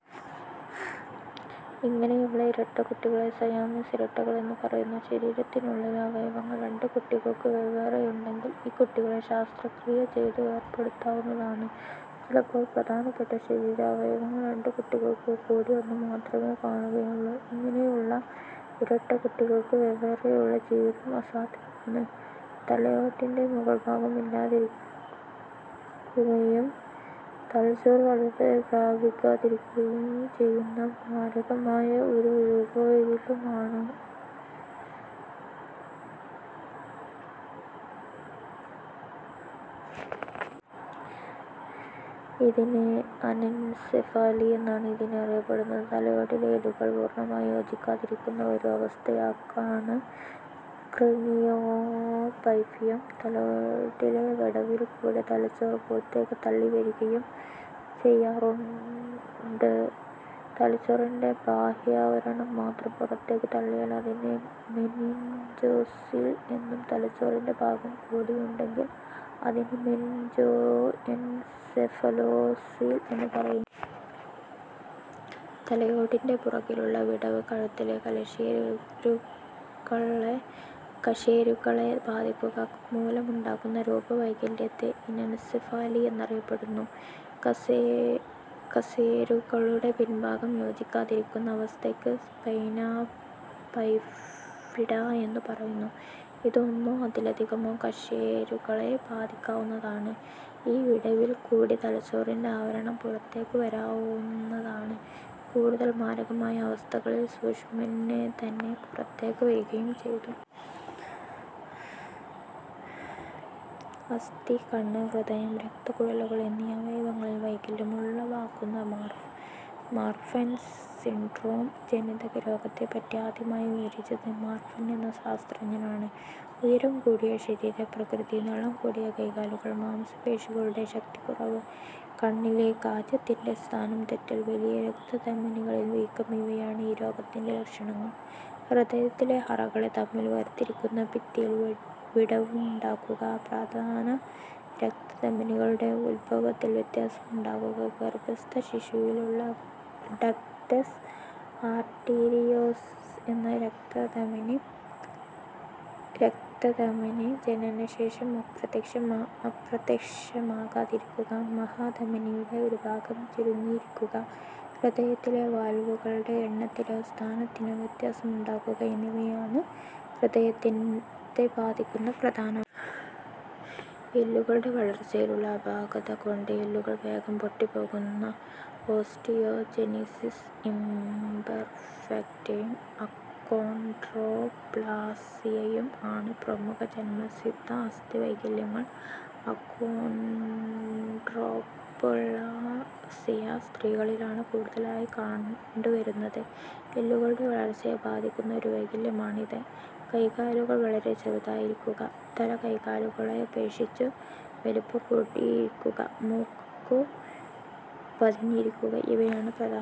ഇങ്ങനെയുള്ള ഇരട്ടകുട്ടികളെ സയാമീസ് ഇരട്ടകൾ എന്നു പറയുന്നു. ശരീരത്തിനുള്ളിലെ അവയവങ്ങൾ രണ്ടു കുട്ടികൾക്കും വെവ്വേറെയുണ്ടെങ്കിൽ ഈ കുട്ടികളെ ശസ്ത്രക്രിയ ചെയ്തു വേർപെടുത്താവുന്നതാണ്. ചിലപ്പോൾ പ്രധാനപ്പെട്ട ശരീരാവയവങ്ങൾ രണ്ടു കുട്ടികൾക്കുംകൂടി ഒന്നുമാത്രമേ കാണുകയുള്ളു. ഇങ്ങനെയുള്ള ഇരട്ടക്കുട്ടികൾക്ക് വെവ്വേറെയുള്ള ജീവിതം അസാധ്യമാണ്. തലയോടിന്റെ മുകൾഭാഗം ഇല്ലാതിരിക്കുകയും തലച്ചോറ് വളർച്ച പ്രാപിക്കാതിരിക്കുകയും ചെയ്യുന്ന മാരകമായ ഒരു രൂപവൈകല്യമാണിത്. ഇതിനെ അനെൻസെഫാലി എന്നാണ് ഇതിനെ അറിയപ്പെടുന്നത്. തലയോടിലെ എല്ലുകൾ പൂർണമായി യോജിക്കാതിരിക്കുന്ന ഒരു അവസ്ഥയക്കാണ് ക്രേനിയോബൈഫിയം. തലയോടിലെ വിടവിൽ കൂടെ തലച്ചോറ് പുറത്തേക്ക് തള്ളിവരികയും ചെയ്യാറുണ്ട്. തലച്ചോറിന്റെ ബാഹ്യാവരണം മാത്രം പുറത്തേക്കു തള്ളിയാൽ അതിന് മെനിൻജോസീൽ എന്നും, തലച്ചോറിന്റെ ഭാഗം കൂടിയുണ്ടെങ്കിൽ അതിന് മെനിൻജോഎൻസെഫലോസീൽ എന്നും പറയുന്നു. തലയോടിന്റെ പുറകിലുള്ള വിടവ് കഴുത്തിലെ കശേരുക്കളെ ബാധിക്കുക മൂലമുണ്ടാകുന്ന രൂപവൈകല്യത്തെ ഇനെൻസെഫാലി എന്നറിയപ്പെടുന്നു. കശേരുക്കളുടെ പിൻഭാഗം യോജിക്കാതിരിക്കുന്ന അവസ്ഥയ്ക്ക് സ്പൈനാ ബൈഫിഡാ എന്നു പറയുന്നു. ഇത് ഒന്നോ അതിലധികമോ കശേരുക്കളെ ബാധിക്കാവുന്നതാണ്. ഈ വിടവിൽക്കൂടി തലച്ചോറിന്റെ ആവരണം പുറത്തേക്കുവരാവുന്നതാണ്. കൂടുതൽ മാരകമായ അവസ്ഥകളിൽ സുഷ്മ്നെതന്നെ പുറത്തേക്ക് വരികയും ചെയ്യും. അസ്ഥി, കണ്ണ്, ഹൃദയം, രക്തക്കുഴലുകൾ എന്നീ അവയവങ്ങളിൽ വൈകല്യങ്ങൾ ഉളവാക്കുന്ന മാർഫൻസ് സിൻഡ്രോം ജനിതകരോഗത്തെപറ്റി ആദ്യമായി വിവരിച്ചത് മാർഫൻ എന്ന ശാസ്ത്രജ്ഞനാണ്. ഉയരംകൂടിയ ശരീരപ്രകൃതി, നീളംകൂടിയ കൈകാലുകൾ, മാംസപേശികളുടെ ശക്തിക്കുറവ്, കണ്ണിലെ കാചത്തിന്റെ സ്ഥാനംതെറ്റൽ, വലിയ രക്തധമനികളിൽ വീക്കം ഇവയാണ് ഈ രോഗത്തിന്റെ ലക്ഷണങ്ങൾ. ഹൃദയത്തിലെ അറകളെ തമ്മിൽ വേർതിരിക്കുന്ന ഭിത്തിയിൽ വിടവുണ്ടാകുക, പ്രധാന രക്തധമനികളുടെ ഉദ്ഭവത്തിൽ വ്യത്യാസമുണ്ടാകുക, ഗർഭസ്ഥശിശുവിലുള്ള ഡക്റ്റസ് ആർടീരിയോസസ് എന്ന രക്തധമനി ജനനശേഷം അപ്രത്യക്ഷമാകാതിരിക്കുക, മഹാധമനിയുടെ ഒരു ഭാഗം ചുരുങ്ങിയിരിക്കുക, ഹൃദയത്തിലെ വാൽവുകളുടെ എണ്ണത്തിലോ സ്ഥാനത്തിനോ വ്യത്യാസമുണ്ടാകുക എന്നിവയാണ് ഹൃദയത്തെ ബാധിക്കുന്ന പ്രധാന. എല്ലുകളുടെ വളർച്ചയിലുള്ള അപാകതകൊണ്ട് എല്ലുകൾ വേഗം പൊട്ടിപ്പോകുന്ന ഓസ്റ്റിയോജെനിസിസ് ഇംപെർഫെക്റ്റയും അക്കോൺഡ്രോപ്ളാസിയയും ആണ് പ്രമുഖ ജന്മസിദ്ധ അസ്ഥിവൈകല്യങ്ങൾ. അക്കോൺഡ്രോപ്ളാസിയ സ്ത്രീകളിലാണ് കൂടുതലായി കണ്ടുവരുന്നത്. എല്ലുകളുടെ വളർച്ചയെ ബാധിക്കുന്ന ഒരു വൈകല്യമാണ് ഇത്. കൈകാലുകൾ വളരെ ചെറുതായിരിക്കുക, തല കൈകാലുകളെ അപേക്ഷിച്ചു വലിപ്പം കൂടിയിരിക്കുക, മൂക്കു പതിഞ്ഞിരിക്കുക ഇവയാണ് പ്രധാന.